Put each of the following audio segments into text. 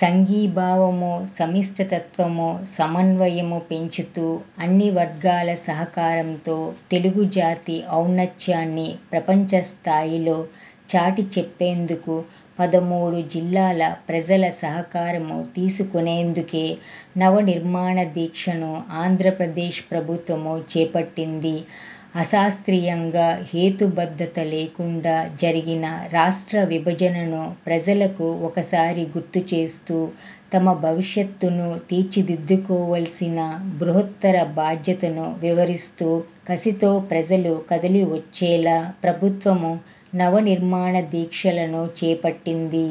సంఘీభావం, సమిష్టితత్వం, సమన్వయం పెంచుతూ అన్ని వర్గాల సహకారంతో తెలుగు జాతి ఔన్నత్యాన్ని ప్రపంచస్థాయిలో చాటిచెప్పేందుకు పదమూడు జిల్లాల ప్రజల సహకారం తీసుకునేందుకే నవనిర్మాణ దీక్షను ఆంధ్రపద్రేశ్ ప్రభుత్వం చేపట్టింది అశాస్త్రీయంగా, హేతుబద్ధత లేకుండా జరిగిన రాష్ట్ర విభజనను ప్రజలకు ఒకసారి గుర్తుచేస్తూ తమ భవిష్యత్తును తీర్చిదిద్దుకోవాల్సిన బృహత్తర బాధ్యతను వివరిస్తూ కసితో ప్రజలు కదలివచ్చేలా ప్రభుత్వం నవ నిర్మాణ దీక్షలను చేపట్టింది.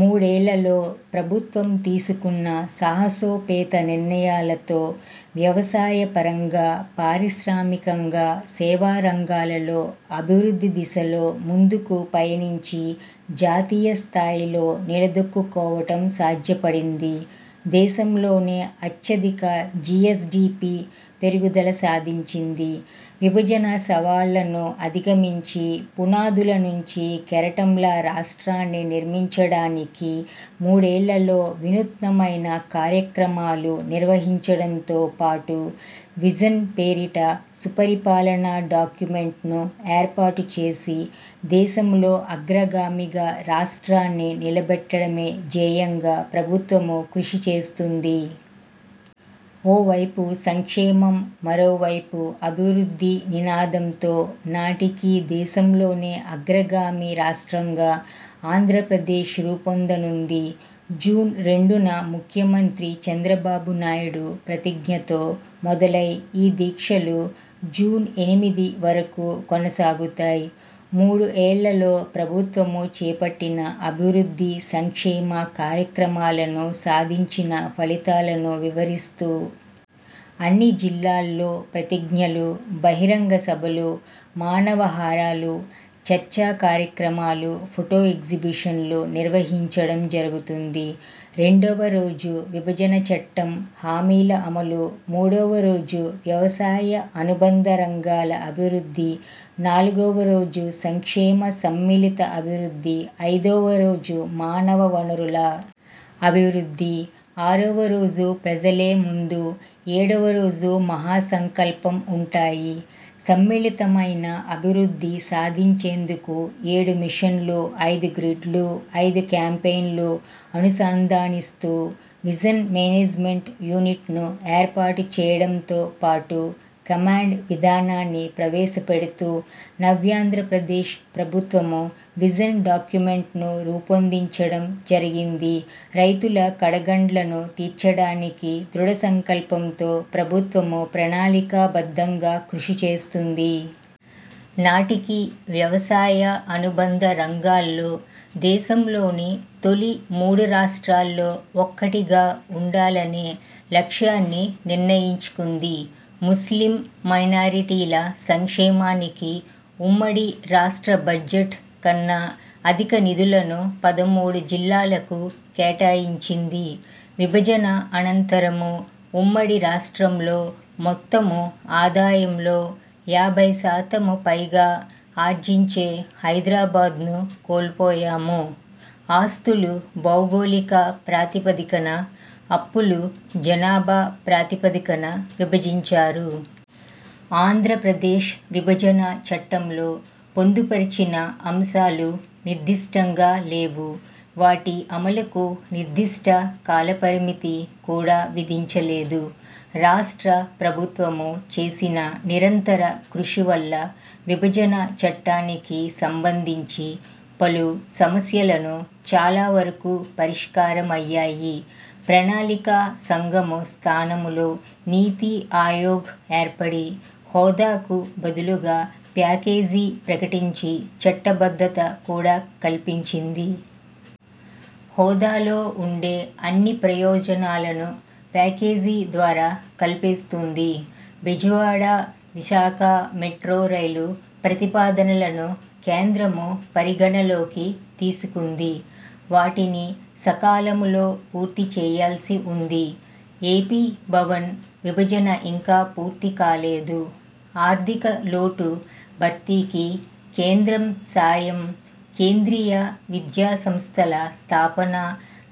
మూడేళ్లలో ప్రభుత్వం తీసుకున్న సాహసోపేత నిర్ణయాలతో వ్యవసాయ పరంగా, పారిశ్రామికంగా, సేవారంగాలలో అభివృద్ధి దిశలో ముందుకు పయనించి జాతీయ స్ధాయిలో నిలదొక్కుకోవటం సాధ్యపడింది. దేశంలోనే అత్యధిక జీఎస్డీపీ పెరుగుదల సాధించింది. విభజన సవాళ్ళను అధిగమించి పునాదుల నుంచి కెరటంలా రాష్ట్రాన్ని నిర్మించడానికి మూడేళ్ళలో వినూత్నమైన కార్యక్రమాలు నిర్వహించడంతో పాటు విజన్– పేరిట సుపరిపాలన డాక్యుమెంట్ను ఏర్పాటుచేసి దేశంలో అగ్రగామిగా రాష్ట్రాన్ని నిలబెట్టడమే ధ్యేయంగా ప్రభుత్వం కృషి చేస్తోంది. ఓవైపు సంక్షేమం, మరోవైపు అభివృద్ధి నినాదంతో నాటికి దేశంలోనే అగ్రగామి రాష్ట్రంగా ఆంధ్రప్రదేశ్ రూపొందనుంది. జూన్ రెండున ముఖ్యమంత్రి చంద్రబాబునాయుడు ప్రతిజ్ఞతో మొదలై ఈ దీక్షలు జూన్ ఎనిమిది వరకు కొనసాగుతాయి మూడు ఏళ్లలో ప్రభుత్వం చేపట్టిన అభివృద్ధి, సంక్షేమ కార్యక్రమాలను, సాధించిన ఫలితాలను వివరిస్తూ అన్ని జిల్లాల్లో ప్రతిజ్ఞలు, బహిరంగ సభలు, మానవహారాలు, చర్చా కార్యక్రమాలు, ఫొటో ఎగ్జిబిషన్లు నిర్వహించడం జరుగుతుంది రెండవ రోజు విభజన చట్టం హామీల అమలు, మూడవ రోజు వ్యవసాయ అనుబంధ రంగాల అభివృద్ధి, నాలుగవ రోజు సంక్షేమ సమ్మిళిత అభివృద్ధి, ఐదవ రోజు మానవ వనరుల అభివృద్ధి, ఆరవ రోజు ప్రజలే ముందు, ఏడవ రోజు మహా సంకల్పం ఉంటాయి సమ్మిళితమైన అభివృద్ధి సాధించేందుకు ఏడు మిషన్లు, ఐదు గ్రిడ్లు, ఐదు క్యాంపెయిన్లు అనుసంధానిస్తూ విజన్ మేనేజ్మెంట్ యూనిట్ను ఏర్పాటుచేయడంతో పాటు కమాండ్ విధానాన్ని ప్రవేశపెడుతూ నవ్యాంధ్రప్రదేశ్ ప్రభుత్వం విజన్ డాక్యుమెంట్ను రూపొందించడం జరిగింది రైతుల కడగండ్లను తీర్చటానికి దృఢ సంకల్పంతో ప్రభుత్వం ప్రణాళికాబద్ధంగా కృషి చేస్తుంది. నాటికి వ్యవసాయ, అనుబంధ రంగాల్లో దేశంలోని తొలి మూడు రాష్ట్రాల్లో ఒక్కటిగా ఉండాలనే లక్ష్యాన్ని నిర్ణయించుకుంది. ముస్లిం మైనారిటీల సంక్షేమానికి ఉమ్మడి రాష్ట్ర బడ్జెట్ కన్నా అధిక నిధులను పదమూడు జిల్లాలకు కేటాయించింది విభజన అనంతరం ఉమ్మడి రాష్ట్రంలో మొత్తం ఆదాయంలో యాభై శాతం పైగా ఆర్జించే హైదరాబాద్ను కోల్పోయాం ఆస్తులు భౌగోళిక ప్రాతిపదికన, అప్పులు జనాభా ప్రాతిపదికన విభజించారు. ఆంధ్రప్రదేశ్ విభజన చట్టంలో పొందుపరిచిన అంశాలు నిర్దిష్టంగా లేవు, వాటి అమలుకు నిర్దిష్ట కాలపరిమితి కూడా విధించలేదు. రాష్ట్ర ప్రభుత్వం చేసిన నిరంతర కృషి వల్ల విభజన చట్టానికి సంబంధించి పలు సమస్యలను చాలావరకు పరిష్కారమయ్యాయి. ప్రణాళికా సంఘం స్థానంలో 'నీతిఆయోగ్' ఏర్పడి హోదాకు బదులుగా ప్యాకేజీ ప్రకటించి చట్టబద్ధత కూడా కల్పించింది. హోదాలో ఉండే అన్ని ప్రయోజనాలను ప్యాకేజీ ద్వారా కల్పిస్తోంది. బెజవాడ, విశాఖ మెట్రో రైలు ప్రతిపాదనలను కేంద్రం పరిగణనలోకి తీసుకుంది. వాటిని సకాలంలో పూర్తిచేయాల్సి ఉంది. ఏపీ భవన్ విభజన ఇంకా పూర్తికాలేదు. ఆర్థిక లోటు భర్తీకి కేంద్రం సాయం, కేంద్రీయ విద్యాసంస్థల స్థాపన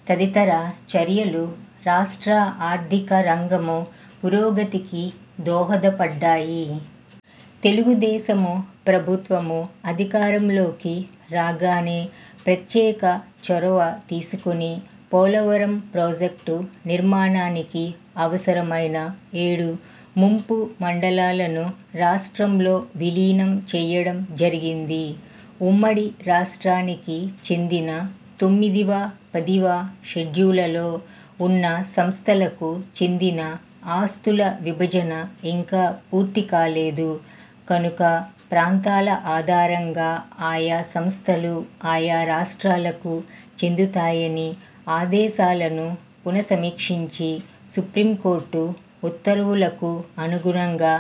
తదితర చర్యలు రాష్ట్ర ఆర్థిక రంగం పురోగతికి దోహదపడ్డాయి. తెలుగుదేశము ప్రభుత్వము అధికారంలోకి రాగానే ప్రత్యేక చొరవ తీసుకుని పోలవరం ప్రాజెక్టు నిర్మాణానికి అవసరమైన ఏడు ముంపు మండలాలను రాష్ట్రంలో విలీనం చేయడం జరిగింది ఉమ్మడి రాష్ట్రానికి చెందిన తొమ్మిదివ, పదివ షెడ్యూలలో ఉన్న సంస్థలకు చెందిన ఆస్తుల విభజన ఇంకా పూర్తి కాలేదు. కనుక ప్రాంతాల ఆధారంగా ఆయా సంస్థలు, ఆయా రాష్ట్రాలకు చెందుతాయని ఆదేశాలను పునసమీక్షించి సుప్రీంకోర్టు ఉత్తర్వులకు అనుగుణంగా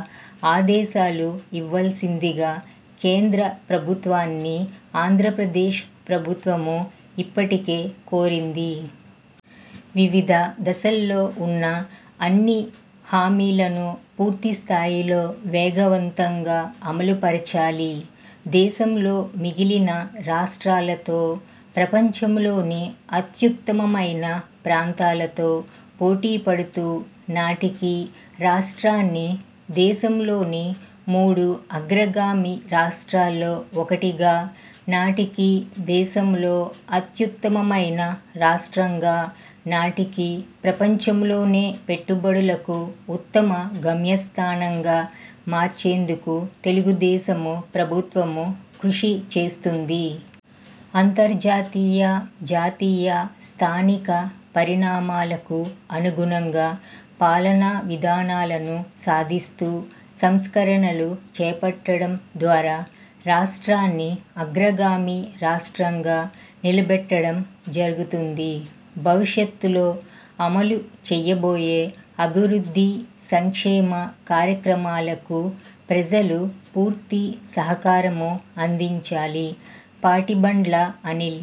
ఆదేశాలు ఇవ్వాల్సిందిగా కేంద్ర ప్రభుత్వాన్ని ఆంధ్రప్రదేశ్ ప్రభుత్వం ఇప్పటికే కోరింది. వివిధ దశల్లో ఉన్న అన్ని హామీలను పూర్తిస్థాయిలో వేగవంతంగా అమలుపరచాలి. దేశంలో మిగిలిన రాష్ట్రాలతో, ప్రపంచంలోని అత్యుత్తమమైన ప్రాంతాలతో పోటీపడుతూ నాటికి రాష్ట్రాన్ని దేశంలోని మూడు అగ్రగామి రాష్ట్రాల్లో ఒకటిగా, నాటికి దేశంలో అత్యుత్తమమైన రాష్ట్రంగా, నాటికి ప్రపంచంలోనే పెట్టుబడులకు ఉత్తమ గమ్యస్థానంగా మార్చేందుకు తెలుగుదేశం ప్రభుత్వం కృషిచేస్తోంది. అంతర్జాతీయ, జాతీయ, స్థానిక పరిణామాలకు అనుగుణంగా పాలనా విధానాలను సాధిస్తూ సంస్కరణలు చేపట్టడం ద్వారా రాష్ట్రాన్ని అగ్రగామి రాష్ట్రంగా నిలబెట్టడం జరుగుతుంది. భవిష్యత్తులో అమలు చేయబోయే అభివృద్ధి, సంక్షేమ కార్యక్రమాలకు ప్రజలు పూర్తి సహకారం అందించాలి. పాటిబండ్ల అనిల్